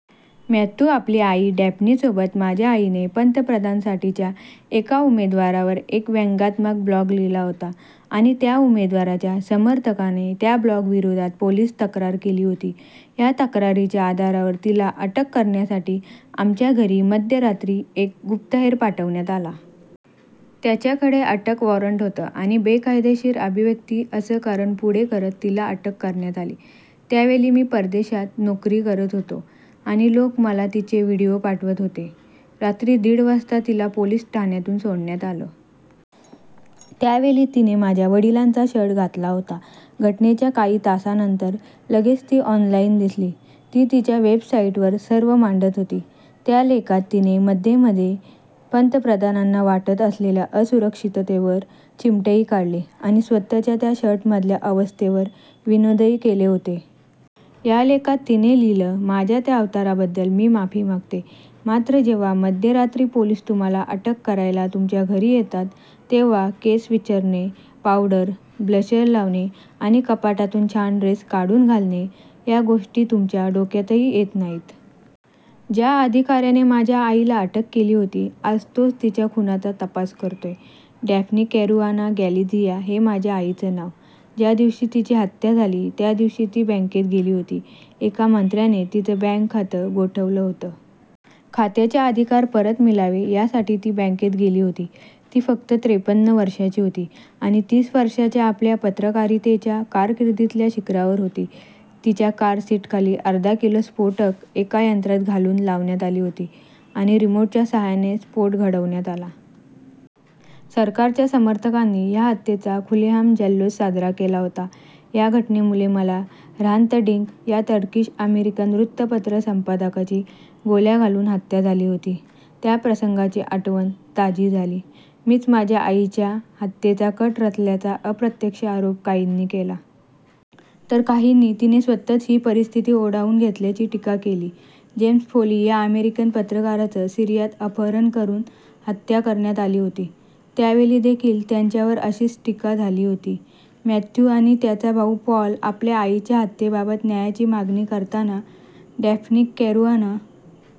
Matthew आपली आई डॅफ्नीसोबत माझ्या आईने पंतप्रधानपदासाठीच्या एका उमेदवारावर एक व्यंगात्मक ब्लॉग लिहिला होता आणि त्या उमेदवाराच्या समर्थकाने त्या ब्लॉगविरोधात पोलीस तक्रार केली होती. या तक्रारीच्या आधारावर तिला अटक करण्यासाठी आमच्या घरी मध्यरात्री एक गुप्तहेर पाठवण्यात आला. त्याच्याकडे अटक वॉरंट होतं आणि 'बेकायदेशीर अभिव्यक्ती' असं कारण पुढे करत तिला अटक करण्यात आली. त्यावेळी मी परदेशात नोकरी करत होतो आणि लोक मला तिचे व्हीडिओ पाठवत होते. रात्री दीड वाजता तिला पोलीस ठाण्यातून सोडण्यात आलं. त्यावेळी तिने माझ्या वडिलांचा शर्ट घातला होता. घटनेच्या काही तासानंतर लगेच ती ऑनलाईन दिसली. ती तिच्या वेबसाईटवर सर्व मांडत होती. त्या लेखात तिने मध्ये-मध्ये पंतप्रधानांना वाटत असलेल्या असुरक्षिततेवर चिमटेही काढले आणि स्वतःच्या त्या शर्टमधल्या अवस्थेवर विनोदही केले होते. या लेखात तिने लिहिलं माझ्या त्या अवताराबद्दल मी माफी मागते. मात्र जेव्हा मध्यरात्री पोलीस तुम्हाला अटक करायला तुमच्या घरी येतात, तेव्हा केस विंचरणे, पावडर, ब्लशर लावणे आणि कपाटातून छान ड्रेस काढून घालणे, या गोष्टी तुमच्या डोक्यातही येत नाहीत. ज्या अधिकाऱ्याने माझ्या आईला अटक केली होती आज तोच तिच्या खुनाचा तपास करतोय. डॅफ्नी कॅरुआना गॅलिझिया, हे माझ्या आईचं नाव. ज्या दिवशी तिची हत्या झाली, त्यादिवशी ती बँकेत गेली होती. एका मंत्र्याने तिचं बँक खातं गोठवलं होतं. खात्याचे अधिकार परत मिळावे यासाठी ती बँकेत गेली होती. ती फक्त त्रेपन्न वर्षांची होती आणि तीस वर्षांच्या आपल्या पत्रकारितेच्या कारकिर्दीतल्या शिखरावर होती. तिच्या कार सीटखाली अर्धा किलो स्फोटकं एका यंत्रात घालून लावण्यात आली होती आणि रिमोटच्या साहाय्याने स्फोट घडवण्यात आला. सरकारच्या समर्थकांनी या हत्येचा खुलेआम जल्लोष साजरा केला होता. या घटनेमुळे मला, 'ह्रांत डिंक' या टर्किश-अमेरिकन वृत्तपत्र संपादकाची गोळ्या घालून हत्या झाली होती, त्या प्रसंगाची आठवण ताजी झाली. मीच माझ्या आईच्या हत्येचा कट रचल्याचा अप्रत्यक्ष आरोप काहींनी केला. तर काहींनी तिने स्वतःच ही परिस्थिती ओढावून घेतल्याची टीका केली. जेम्स फोली या अमेरिकन पत्रकाराचं सीरियात अपहरण करून हत्या करण्यात आली होती. त्यावेळीदेखील त्यांच्यावर अशीच टीका झाली होती. मॅथ्यू आणि त्याचा भाऊ पॉल आपल्या आईच्या हत्येबाबत न्यायाची मागणी करताना. Daphne Caruana